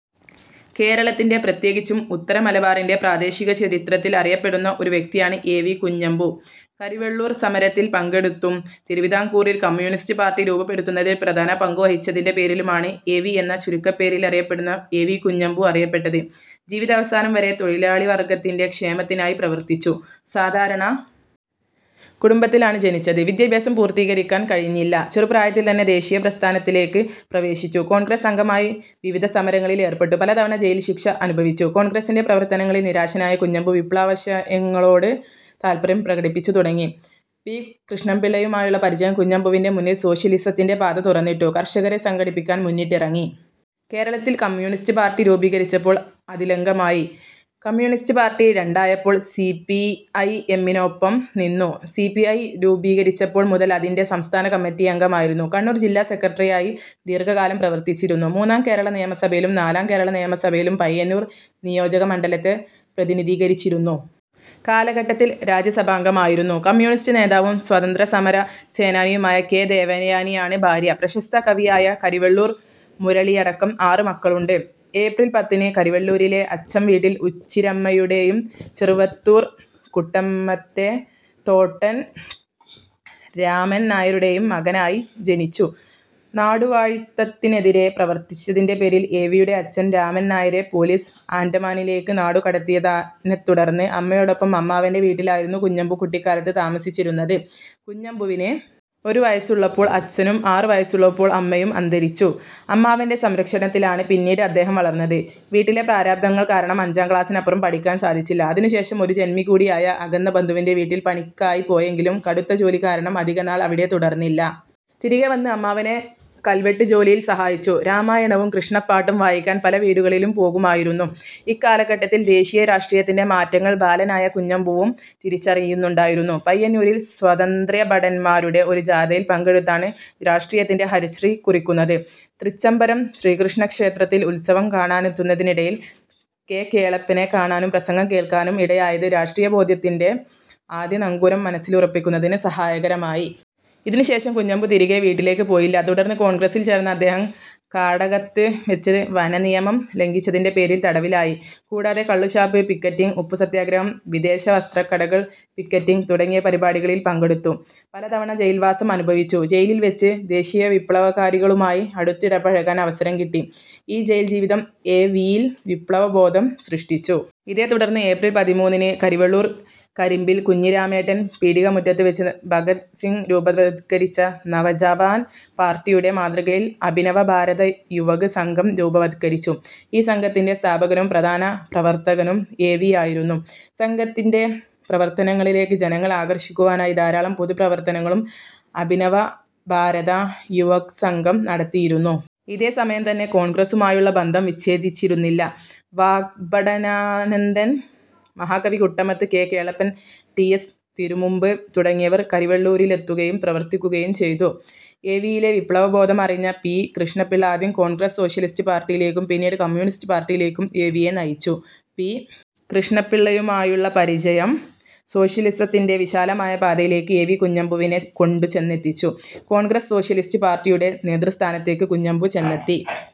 കേരളത്തിൻ്റെ, പ്രത്യേകിച്ചും ഉത്തരമലബാറിൻ്റെ, പ്രാദേശിക ചരിത്രത്തിൽ അറിയപ്പെടുന്ന ഒരു വ്യക്തിയാണ് എ വി കുഞ്ഞമ്പു. കരിവെള്ളൂർ സമരത്തിൽ പങ്കെടുത്തും തിരുവിതാംകൂറിൽ കമ്മ്യൂണിസ്റ്റ് പാർട്ടി രൂപപ്പെടുത്തുന്നതിൽ പ്രധാന പങ്കുവഹിച്ചതിൻ്റെ പേരിലുമാണ് എ വി എന്ന ചുരുക്കപ്പേരിലറിയപ്പെടുന്ന എ വി കുഞ്ഞമ്പു അറിയപ്പെട്ടത്. ജീവിതാവസാനം വരെ തൊഴിലാളിവർഗത്തിൻ്റെ ക്ഷേമത്തിനായി പ്രവർത്തിച്ചു. സാധാരണ കുടുംബത്തിലാണ് ജനിച്ചത്. വിദ്യാഭ്യാസം പൂർത്തീകരിക്കാൻ കഴിഞ്ഞില്ല. ചെറുപ്രായത്തിൽ തന്നെ ദേശീയപ്രസ്ഥാനത്തിലേക്ക് പ്രവേശിച്ചു. കോൺഗ്രസ് അംഗമായി വിവിധ സമരങ്ങളിൽ ഏർപ്പെട്ടു. പലതവണ ജയിൽശിക്ഷ അനുഭവിച്ചു. കോൺഗ്രസിൻ്റെ പ്രവർത്തനങ്ങളിൽ നിരാശനായ കുഞ്ഞമ്പു വിപ്ലവാശയങ്ങളോട് താൽപര്യം പ്രകടിപ്പിച്ചുതുടങ്ങി.പി കൃഷ്ണപിള്ളയുമായുള്ള പരിചയം കുഞ്ഞമ്പുവിൻ്റെ മുന്നിൽ സോഷ്യലിസത്തിൻ്റെ പാത തുറന്നിട്ടു. കർഷകരെ സംഘടിപ്പിക്കാൻ മുന്നിട്ടിറങ്ങി. കേരളത്തിൽ കമ്മ്യൂണിസ്റ്റ് പാർട്ടി രൂപീകരിച്ചപ്പോൾ അതിലംഗമായി. കമ്മ്യൂണിസ്റ്റ് പാർട്ടി രണ്ടായപ്പോൾ സി പി ഐ എമ്മിനൊപ്പം നിന്നു. സി പി ഐ രൂപീകരിച്ചപ്പോൾ മുതൽ അതിൻ്റെ സംസ്ഥാന കമ്മിറ്റിയംഗമായിരുന്നു. കണ്ണൂർ ജില്ലാ സെക്രട്ടറിയായി ദീർഘകാലം പ്രവർത്തിച്ചിരുന്നു. മൂന്നാം കേരള നിയമസഭയിലും നാലാം കേരള നിയമസഭയിലും പയ്യന്നൂർ നിയോജകമണ്ഡലത്തെ പ്രതിനിധീകരിച്ചിരുന്നു. കാലഘട്ടത്തിൽ രാജ്യസഭാംഗമായിരുന്നു. കമ്യൂണിസ്റ്റ് നേതാവും സ്വാതന്ത്ര്യസമര സേനാനിയുമായ കെ ദേവയാനിയാണ് ഭാര്യ. പ്രശസ്ത കവിയായ കരിവെള്ളൂർ മുരളിയടക്കം ആറ് മക്കളുണ്ട്. ഏപ്രിൽ പത്തിന് കരിവെള്ളൂരിലെ അച്ചംവീട്ടിൽ ഉച്ചിരമ്മയുടെയും ചെറുവത്തൂർ കുട്ടമത്തെ തോട്ടൻ രാമൻ നായരുടെയും മകനായി ജനിച്ചു. നാടുവാഴിത്തത്തിനെതിരെ പ്രവർത്തിച്ചതിൻ്റെ പേരിൽ എ വിയുടെ അച്ഛൻ രാമൻ നായരെ പോലീസ് ആൻഡമാനിലേക്ക് നാടുകടത്തിയതിനെത്തുടർന്ന് അമ്മയോടൊപ്പം അമ്മാവൻ്റെ വീട്ടിലായിരുന്നു കുഞ്ഞമ്പു കുട്ടിക്കാലത്ത് താമസിച്ചിരുന്നത്. കുഞ്ഞമ്പുവിന് ഒരു വയസ്സുള്ളപ്പോൾ അച്ഛനും ആറ് വയസ്സുള്ളപ്പോൾ അമ്മയും അന്തരിച്ചു. അമ്മാവൻ്റെ സംരക്ഷണത്തിലാണ് പിന്നീട് അദ്ദേഹം വളർന്നത്. വീട്ടിലെ പ്രാരാബ്ധങ്ങൾ കാരണം അഞ്ചാം ക്ലാസിനപ്പുറം പഠിക്കാൻ സാധിച്ചില്ല. അതിനുശേഷം ഒരു ജന്മികൂടിയായ അകന്ന ബന്ധുവിൻ്റെ വീട്ടിൽ പണിക്കായി പോയെങ്കിലും കടുത്ത ജോലി കാരണം അധികനാൾ അവിടെ തുടർന്നില്ല. തിരികെ വന്ന് അമ്മാവനെ കൽവെട്ട് ജോലിയിൽ സഹായിച്ചു. രാമായണവും കൃഷ്ണപ്പാട്ടും വായിക്കാൻ പല വീടുകളിൽ പോകുമായിരുന്നു. ഇക്കാലഘട്ടത്തിൽ ദേശീയരാഷ്ട്രീയത്തിൻ്റെ മാറ്റങ്ങൾ ബാലനായ കുഞ്ഞമ്പുവും തിരിച്ചറിയുന്നുണ്ടായിരുന്നു. പയ്യന്നൂരിൽ സ്വാതന്ത്ര്യഭടന്മാരുടെ ഒരു ജാഥയിൽ പങ്കെടുത്താണ് രാഷ്ട്രീയത്തിൻ്റെ ഹരിശ്രീ കുറിക്കുന്നത്. തൃച്ചംബരം ശ്രീകൃഷ്ണ ക്ഷേത്രത്തിൽ ഉത്സവം കാണാനെത്തുന്നതിനിടയിൽ കെ കേളപ്പനെ കാണാനും പ്രസംഗം കേൾക്കാനും ഇടയായത് രാഷ്ട്രീയബോധത്തിൻ്റെ ആദ്യ നങ്കൂരം മനസ്സിലുറപ്പിക്കുന്നതിന് സഹായകരമായി. ഇതിനു ശേഷം കുഞ്ഞമ്പു തിരികെ വീട്ടിലേക്ക് പോയില്ല. തുടർന്ന് കോൺഗ്രസിൽ ചേർന്ന അദ്ദേഹം കാടകത്ത് വെച്ച് വനനിയമം ലംഘിച്ചതിൻ്റെ പേരിൽ തടവിലായി. കൂടാതെ കള്ളുഷാപ്പ് പിക്കറ്റിംഗ്, ഉപ്പുസത്യാഗ്രഹം, വിദേശവസ്ത്രക്കടകൾ പിക്കറ്റിംഗ് തുടങ്ങിയ പരിപാടികളിൽ പങ്കെടുത്തു. പലതവണ ജയിൽവാസം അനുഭവിച്ചു. ജയിലിൽവെച്ച് ദേശീയവിപ്ലവകാരികളുമായി അടുത്തിടപഴകാൻ അവസരം കിട്ടി. ഈ ജയിൽജീവിതം എ വിയിൽ വിപ്ലവബോധം സൃഷ്ടിച്ചു. ഇതേത്തുടർന്ന് ഏപ്രിൽ പതിമൂന്നിന് കരിവെള്ളൂർ കരിമ്പിൽ കുഞ്ഞിരാമേട്ടൻ പീടികമുറ്റത്ത് വെച്ച് ഭഗത് സിംഗ് രൂപവത്കരിച്ച നവജവാൻ പാർട്ടിയുടെ മാതൃകയിൽ അഭിനവ ഭാരത യുവക് സംഘം രൂപവത്കരിച്ചു.ഈ സംഘത്തിൻ്റെ സ്ഥാപകനും പ്രധാന പ്രവർത്തകനും എ വിയായിരുന്നു. സംഘത്തിൻ്റെ പ്രവർത്തനങ്ങളിലേക്ക് ജനങ്ങളെ ആകർഷിക്കുവാനായി ധാരാളം പൊതുപ്രവർത്തനങ്ങളും അഭിനവ ഭാരത യുവക് സംഘം നടത്തിയിരുന്നു. ഇതേ സമയം തന്നെ കോൺഗ്രസുമായുള്ള ബന്ധം വിച്ഛേദിച്ചിരുന്നില്ല. വാഗ്ഭടാനന്ദൻ, മഹാകവി Kuttamath, K Kelappan, T S Thirumumbu തുടങ്ങിയവർ കരിവെള്ളൂരിലെത്തുകയും പ്രവർത്തിക്കുകയും ചെയ്തു. എ വിയിലെ വിപ്ലവബോധം അറിഞ്ഞ പി കൃഷ്ണപിള്ള ആദ്യം കോൺഗ്രസ് സോഷ്യലിസ്റ്റ് പാർട്ടിയിലേക്കും പിന്നീട് കമ്മ്യൂണിസ്റ്റ് പാർട്ടിയിലേക്കും എ വിയെ നയിച്ചു.പി കൃഷ്ണപിള്ളയുമായുള്ള പരിചയം സോഷ്യലിസത്തിൻ്റെ വിശാലമായ പാതയിലേക്ക് എ വി കുഞ്ഞമ്പുവിനെ കൊണ്ടുചെന്നെത്തിച്ചു. കോൺഗ്രസ് സോഷ്യലിസ്റ്റ് പാർട്ടിയുടെ നേതൃസ്ഥാനത്തേക്ക് കുഞ്ഞമ്പു ചെന്നെത്തി.